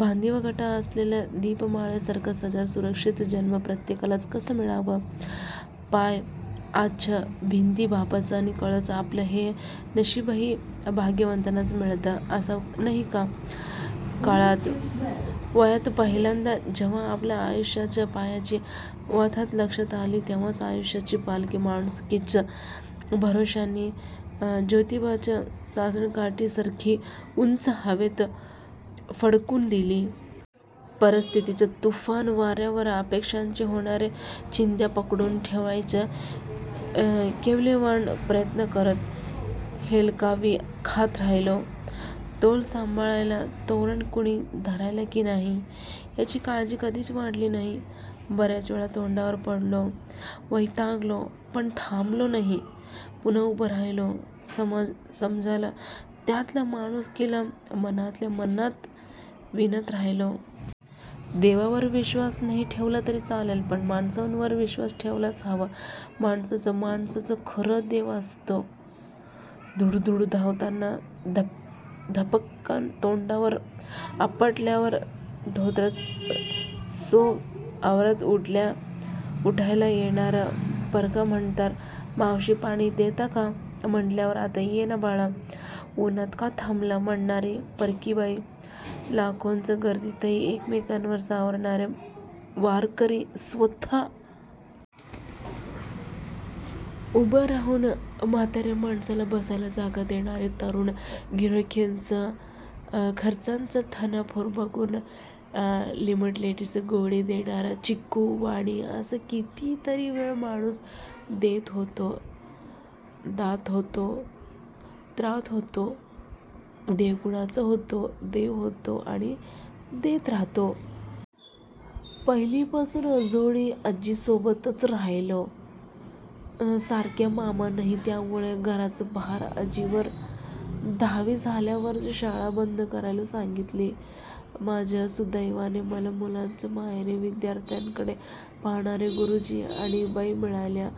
बांधिव कट्टा असलेल्या दीपमाळेसारखा साजरा सुरक्षीत जन्म प्रत्येकालाच कसा मिळावा? पाया आज्याचा, भिंती बापाच्या अन कळस आपला हे नशीबही भाग्यवंतांनाच मिळत असावं नाही का? कळत्या वयात पहिल्यांदा जेव्हा आपल्या आयुष्याच्या पायाची वाताहत लक्षात आली, तेव्हाच आयुष्याची पालखी माणुसकीच्या भरोश्याने जोतिबाच्या सासणकाठीसारखी उंच हवेत फडकावून दिली. परिस्थीतीच्या तुफान वार्यावर अपेक्षांच्या होणार्या चिंध्या पकडून ठेवण्याचा केविलवाणा प्रयत्न करत हेलकावे खात राहिलो. तोल सांभाळायला तोरण्या कुणी धरल्या की नाही. याची काळजी कधीच वाटली नाही, बर्याच वेळा तोंडावर पडलो, वैतागलो, पण थांबलो नाही. पुन्हा उभा राहिलो, समाजाला त्यातल्या माणुसकीला मनातल्या मनात विनवत राहिलो. देवावर विश्वास नाही ठेवला तरी चालेल पण माणसावर विश्वास ठेवायलाच हवा माणूसच माणसाचा खरा देव असतो. दुडू-दुडू धावताना धापकन तोंडवर आपटल्यावर धोतराचा सोगा आवरत उठवायला येणारा परका म्हातारा, 'मावशी पाणी देता का? ' म्हटल्यावर 'आत ये ना बाळा, उनात का थांबला' म्हणणारी परकी बाई, लाखोंच्या गर्दीतही एकमेकाला सावरणारे वारकरी. स्वतः उभा राहून म्हातार्या माणसाला बसायला जागा देणारा तरूण गिर्हाईकाच्या काखेचं तान्हं पोर बघून लिमलेटची गोळी देणारा चिक्कु वाणी, असा कितीतरी वेळा माणूस देता होतो. दाता होतो, त्राता होतो, देवगुणाचा होतो, देव होतो आणि देत राहतो. पहिलीपासून आजोळी आज्जीसोबतच राहिलो. सख्खा मामा नाही त्यामुळं घराचा भार आजीवर. दहावी झाल्यावरच शाळा बंद करायला सांगितली. माझ्या सुदैवाने मला मुलाच्या मायेनं विध्यार्थांकडे पाहणारे गुरूजी आणि बाई मिळाल्या.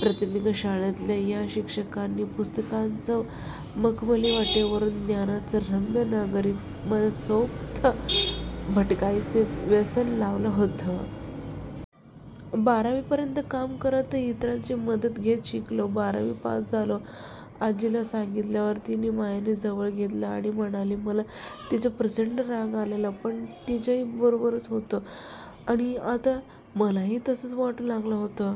प्राथमिक शाळेतल्या या शिक्षकांनी पुस्तकांच्या मखमली वाटेवरून ज्ञानाच्या रम्य नगरीत मनसोक्त भटकण्याचं व्यसन लावलं होतं. बारावी पर्यंत काम करत इतरांची मदत घेत शिकलो. बारावी पास झालो. आज्जीला सांगितल्यावर तिनं मायेनं जवळ घेतलं आणि म्हणाली, मला तिचा प्रचंड राग आलेला. पण तीचंही बरोबरच होतं. आणि आता मलाही तसच वाटू लागलं होतं.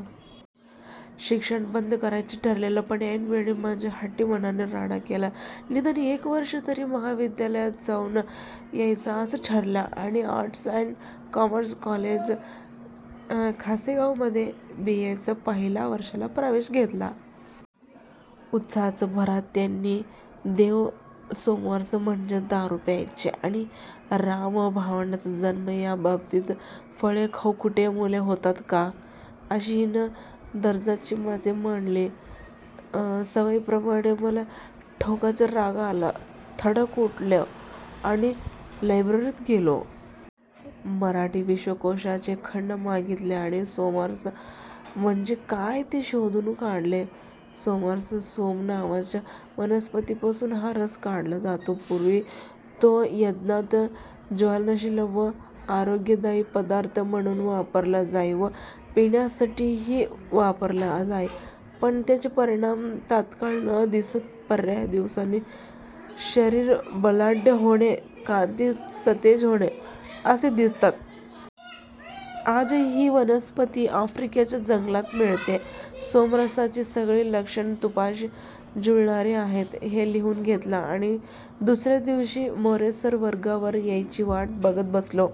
शिक्षण बंद करायचंच ठरलेलं पण ऐन वेळी माझ्या हट्टी मनानं राडा केला. निदान एक वर्ष तरी महाविद्यालयात जाऊन यायचच असं ठरलं आणि arts and commerce college Kasegaon मधे बीए च्या पहिल्या वर्षाला प्रवेश घेतला. उत्साहाच्या भरात त्यानी देव सोमरस म्हणजेच दारू प्यायचे आणि राम व भावंडांचा जन्म याबाबतीत 'फळे खाऊन कुठे मुले होतात का? ' अशी हीन दर्जाची मते मांडली सवयीप्रमाणे मला टोकाचा राग आला. तडक उठलो आणि लायब्ररीत गेलो. मराठी विश्वकोषाचे खंड मागितले आणि सोमरस म्हणजे काय ते शोधून काढले. 'सोमरस सोम नावाच्या वनस्पतीपासून हा रस काढला जातो. पुर्वी तो यज्ञात ज्वलनशील व आरोग्यदायी पदार्थ म्हणून वापरला जाई व पिण्यासाठीही वापरला जाई पण त्याचे परिणाम तात्काळ न दिसता बर्याच दिवसांनी शरीर बलाढ्य होणे, कांती सतेज होणे, असे दिसतात. आजही ही वनस्पती अफ्रिकेच्या जंगलात मिळते. ' सोमरसाची सगळी लक्षणं तुपाशी जुळणारी आहेत. हे लिहून घेतलं आणि दुसर्या दिवशी मोरे सर वर्गावर येण्याची वाट बघत बसलो.